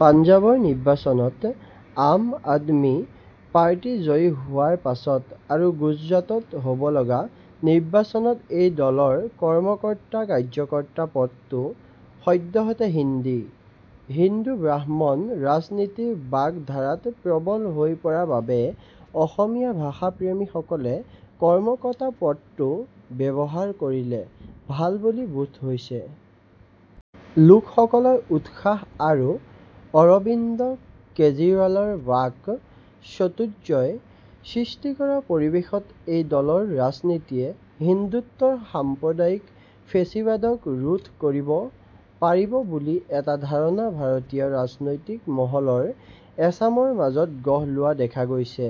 পাঞ্জাবৰ নিৰ্বাচনত আম আদমী পাৰ্টি জয়ী হোৱাৰ পাছত আৰু গুজৰাটত হ'ব লগা নিৰ্বাচনত এই দলৰ কৰ্ম-কৰ্তা কাৰ্য-কৰ্তা পদটো সদ্যহতে হিন্দী। হিন্দু-ব্ৰাহ্মণ্য ৰাজনীতিৰ বাক ধাৰাত প্ৰৱল হৈ পৰা বাবে অসমীয়া ভাষা-প্ৰেমী সকলে কৰ্মকৰ্তা পদটো ব্যৱহাৰ কৰিলে ভাল বুলি বোধ হৈছে । লোক সকলৰ উৎসাহ আৰু অৰৱিন্দ কেজৰীৱালৰ বাক চতুৰ্য্যই সৃষ্টি কৰা পৰিৱেশত এই দলৰ ৰাজনীতিয়ে হিন্দুত্বৰ সাম্প্ৰদায়িক ফেচীবাদক ৰোধ কৰিব পাৰিব বুলি এটা ধাৰণা ভাৰতীয় ৰাজনৈতিক মহলৰ এচামৰ মাজত গঢ় লোৱা দেখা গৈছে।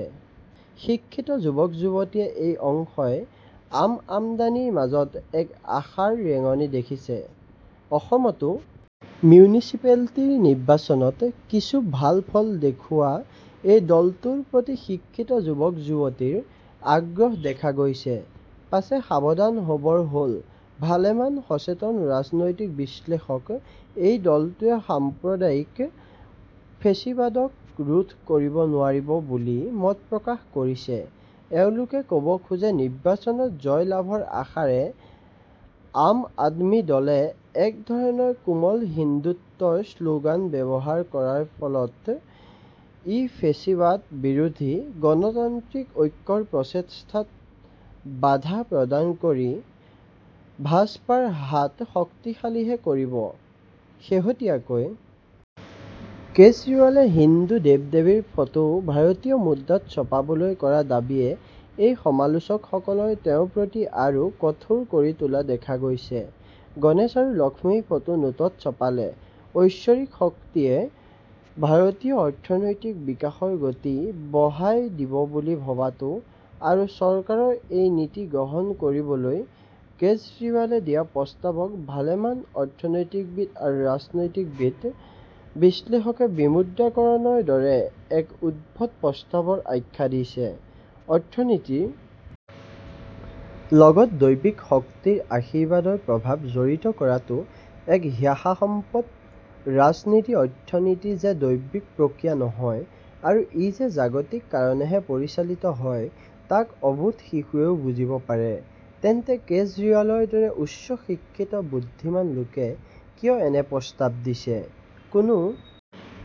শিক্ষিত যুৱক-যুৱতীৰ এটা অংশই আম- আদমীৰ মাজত এক আশাৰ ৰেঙণি দেখিছে। অসমতো মিউনিচিপেলিটিৰ নিৰ্বাচনত কিছু ভাল ফল দেখুৱা এই দলটোৰ প্ৰতি শিক্ষিত যুৱক-যুৱতীৰ আগ্ৰহ দেখা গৈছে। পাছে সাৱধান হ'বৰ হ'ল। ভালেমান সচেতন ৰাজনৈতিক বিশ্লেষকে এই দলটোৱে সাম্প্ৰদায়িক ফেচীবাদক ৰোধ কৰিব নোৱাৰিব বুলি মত প্ৰকাশ কৰিছে। এওঁলোকে কব খোজে নিৰ্বাচনত জয় লাভৰ আশাৰে আম-আদমী দলে এক ধৰণৰ কোমল হিন্দুত্বৰ শ্লোগান ব্যৱহাৰ কৰাৰ ফলত ই ফেচীবাদ বিৰোধী গণতান্ত্ৰিক ঐক্যৰ প্ৰচেষ্টাত বাধা প্ৰদান কৰি ভাজপাৰ হাত শক্তিশালীহে কৰিব। শেহতীয়াকৈ কেজৰিৱালে হিন্দু দেৱ-দেৱীৰ ফটো ভাৰতীয় মুদ্ৰাত ছপাবলৈ কৰা দাবীয়ে এই সমালোচক সকলক তেওঁৰ প্ৰতি আৰু কঠোৰ কৰি তোলা দেখা গৈছে। গণেশ আৰু লক্ষীৰ ফটো নোটত ছপালে ঐশ্বৰিক শক্তিয়ে ভাৰতীয় অৰ্থনীতিৰ বিকাশৰ গতি বঢ়াই দিব বুলি ভৱাটো আৰু চৰকাৰক এই নীতি গ্ৰহণ কৰিবলৈ কেজৰিৱালে দিয়া প্ৰস্তাৱক ভালেমান অৰ্থনীতিবিদ আৰু ৰাজনীতিৰ বিশ্লেষকে বিমুদ্ৰা কৰণৰ দৰেই এক উদ্ভট প্ৰস্তাৱৰ আখ্যা দিছে। অৰ্থনীতিৰ লগত দৈৱিক শক্তিৰ আশীৰ্বাদৰ প্ৰভাৱ জড়িত কৰাটো এক হাস্যাস্পদ ৰাজনীতি-অৰ্থনীতি যে দৈবিক প্ৰক্ৰিয়া নহয় আৰু ই যে জাগতিক কাৰণেৰেহে পৰিচালিত হয় তাক অবোধ শিশুৱেও বুজিব পাৰে। তেন্তে কেজৰীৱালৰ দৰে উচ্চ শিক্ষিত বুদ্ধিমান লোকে কিয় এনে প্ৰস্তাৱ দিছে ।কোনো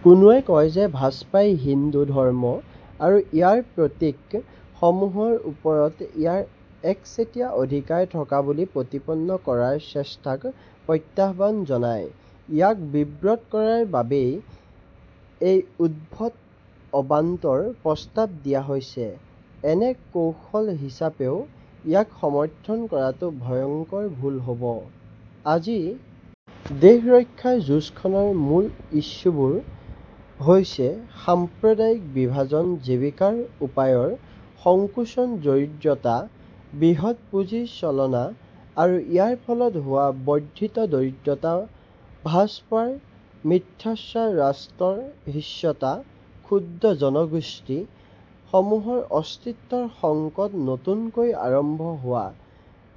কোনোৱে কয় যে ভাজপাই হিন্দু ধৰ্ম আৰু ইয়াৰ প্ৰতীক সমূহৰ ওপৰত ইয়াৰ একচেতিয়া অধিকাৰ থকা বুলি প্ৰতিপন্ন কৰাৰ চেষ্টাক প্ৰত্যহ্বান জনাই, ইয়াক বিব্ৰত কৰাৰ বাবেই এই উদ্ভট অবান্তৰ প্ৰস্তাৱ দিয়া হৈছে। এনে কৌশল হিচাপেও ইয়াক সমৰ্থন কৰাটো ভয়ংকৰ ভুল হ'ব। আজি দেশ ৰক্ষাৰ যুঁজ খনৰ মূল ইছ্যুবোৰ হৈছে সাম্প্ৰদায়িক বিভাজন জীৱিকাৰ উপায়ৰ সংকোচন দৰিদ্ৰতা বৃহৎ পুঁজিৰ চলনা আৰু ইয়াৰ ফলত হোৱা বৰ্দ্ধিত দৰিদ্ৰতা ভাজপাৰ মিথ্যাচাৰ ৰাষ্ট্ৰৰ হিংস্ৰতা ক্ষুদ্ৰ জনগোষ্ঠী সমূহৰ অস্তিত্বৰ সংকট আৰু নতুনকৈ আৰম্ভ হোৱা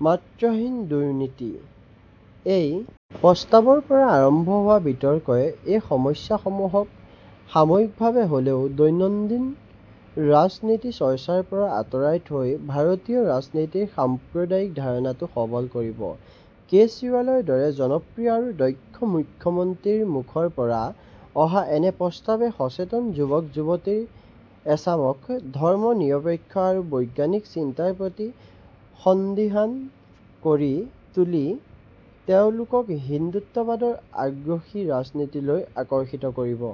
মাত্ৰাহীন দুৰ্নীতি। এই প্ৰস্তাৱৰ পৰা আৰম্ভ হোৱা বিতৰ্কই এই সমস্যা সমূহক সাময়িকভাৱে হ'লেও দৈনন্দিন ৰাজনীতি চৰ্চাৰ পৰা আঁতৰাই থৈ ভাৰতীয় ৰাজনীতিৰ সাম্প্ৰদায়িক ধাৰাটোক সৱল কৰিব। কেজৰীৱালৰ দৰে জনপ্ৰিয় আৰু দক্ষ মুখ্যমন্ত্ৰীৰ মুখৰ পৰা অহা এনে প্ৰস্তাৱে সচেতন যুৱক-যুৱতীৰ এচামক ধৰ্ম নিৰপেক্ষ আৰু বৈজ্ঞানিক চিন্তাৰ প্ৰতি সন্দিহান কৰি তুলি তেওঁলোকক হিন্দুত্ববাদৰ আগ্ৰাসী ৰাজনীতিলৈ আকৰ্ষিত কৰিব।